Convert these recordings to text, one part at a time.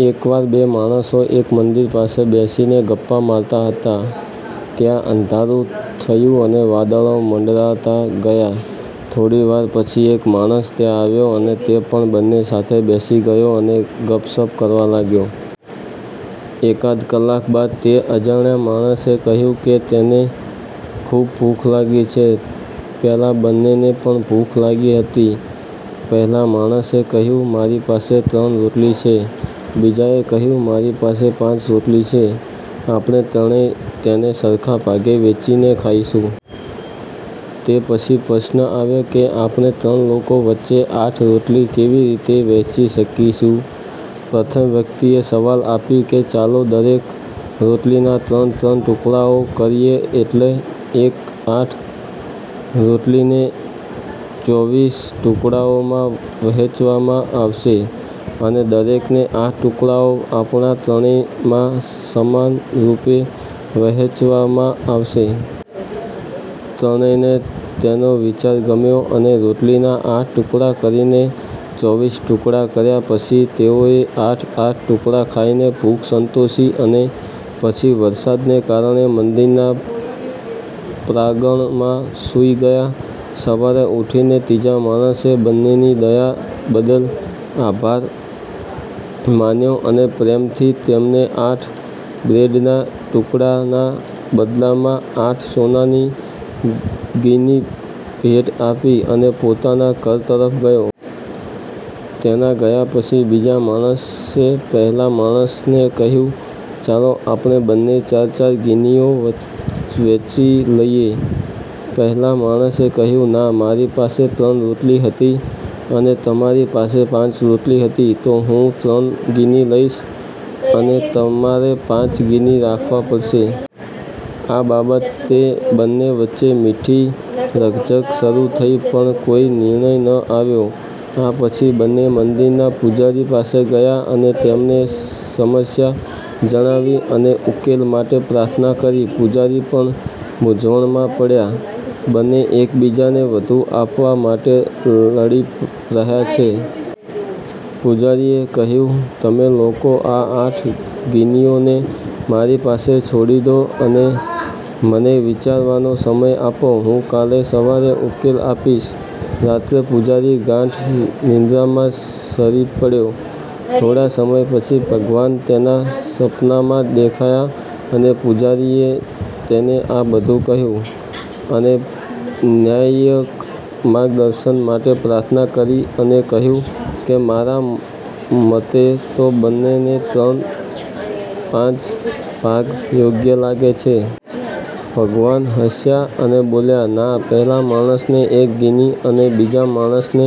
એકવાર બે માણસો એક મંદિર પાસે બેસીને ગપ્પાં મારતા હતા. ત્યાં અંધારું થયું અને વાદળો મંડરાતા ગયા. થોડી વાર પછી એક માણસ ત્યાં આવ્યો અને તે પણ બંને સાથે બેસી ગયો અને ગપસપ કરવા લાગ્યો. એકાદ કલાક બાદ તે અજાણ્યા માણસે કહ્યું કે તેને ખૂબ ભૂખ લાગી છે, પેલા બંનેને પણ ભૂખ લાગી હતી. પહેલા માણસે કહ્યું, મારી પાસે ત્રણ રોટલી છે, બીજાએ કહ્યું, મારી પાસે પાંચ રોટલી છે, આપણે ત્રણેય તેને સરખા ભાગે વહેંચીને ખાઈશું. તે પછી પ્રશ્ન આવ્યો કે આપણે ત્રણ લોકો વચ્ચે આઠ રોટલી કેવી રીતે વહેંચી શકીશું? પ્રથમ વ્યક્તિએ સલાહ આપી કે ચાલો દરેક રોટલીના ત્રણ-ત્રણ ટુકડાઓ કરીએ એટલે કે, આઠ રોટલીને ચોવીસ ટુકડાઓમાં વહેંચવામાં આવશે અને દરેકને આઠ ટુકડાઓ આપણા ત્રણેયમાં સમાનરૂપે વહેંચવામાં આવશે. ત્રણેયને તેનો વિચાર ગમ્યો અને રોટલીના આઠ ટુકડા કરીને ચોવીસ ટુકડા કર્યા પછી, તેઓએ આઠ – આઠ ટુકડા ખાઈને ભૂખ સંતોષી અને પછી વરસાદને કારણે મંદિરના પ્રાંગણમાં સૂઈ ગયા. સવારે ઉઠીને, ત્રીજા માણસે બંનેની દયા બદલ આભાર માન્યો અને પ્રેમથી તેમને આઠ બ્રેડના ટુકડાના બદલામાં આઠ સોનાની ગીની ભેટ આપી અને પોતાના ઘર તરફ ગયો. તેના ગયા પછી, બીજા માણસે પહેલા માણસને કહ્યું, ચાલો આપણે બંને ચાર-ચાર ગિનીઓ વહેંચી લઈએ. પહેલા માણસે કહ્યું ના, મારી પાસે ત્રણ રોટલી હતી અને તમારી પાસે પાંચ રોટલી હતી, તો હું ત્રણ ગીની લઈશ, અને તમારે પાંચ ગીની રાખવા પડશે. આ બાબતે બંને વચ્ચે મીઠી રકઝક શરૂ થઈ પણ કોઈ નિર્ણય ન આવ્યો. આ પછી બંને મંદિરના પૂજારી પાસે ગયા અને તેમને સમસ્યા જણાવી અને ઉકેલ માટે પ્રાર્થના કરી. પૂજારી પણ મૂંઝવણમાં પડ્યા, બંને એકબીજાને વધુ આપવા માટે લડી રહ્યા છે. પૂજારીએ કહ્યું, તમે લોકો આ આઠ ગીનીઓને મારી પાસે છોડી દો અને મને વિચારવાનો સમય આપો, હું કાલે સવારે ઉકેલ આપીશ. રાત્રે પૂજારી ગાઢ નિંદ્રામાં સરી પડ્યો. થોડા સમય પછી, ભગવાન તેના સ્વપ્નમાં દેખાયા અને પૂજારીએ તેને આ બધું કહ્યું અને ન્યાયિક માર્ગદર્શન માટે પ્રાર્થના કરી અને કહ્યું કે મારા મતે તો બંને ને ત્રણ-પાંચ ભાગ યોગ્ય લાગે છે. ભગવાન હસ્યા અને બોલ્યા – ના, પહેલા માણસને એક ગિની અને બીજા માણસને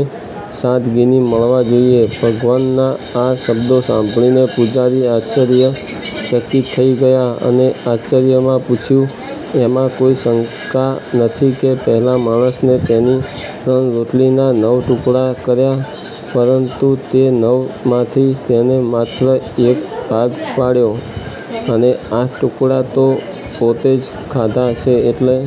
સાત ગિની મળવા જોઈએ. ભગવાનના આ શબ્દો સાંભળીને પૂજારી આશ્ચર્યચકિત થઈ ગયા અને આશ્ચર્યમાં પૂછ્યું – એમાં કોઈ શંકા નથી કે પહેલા માણસે તેની ત્રણ રોટલીના નવ ટુકડા કર્યા પરંતુ તે નવ માંથી તેણે માત્ર એક ભાગ પાડ્યો અને આઠ ટુકડા તો પોતે જ ખાધા છે એટલે.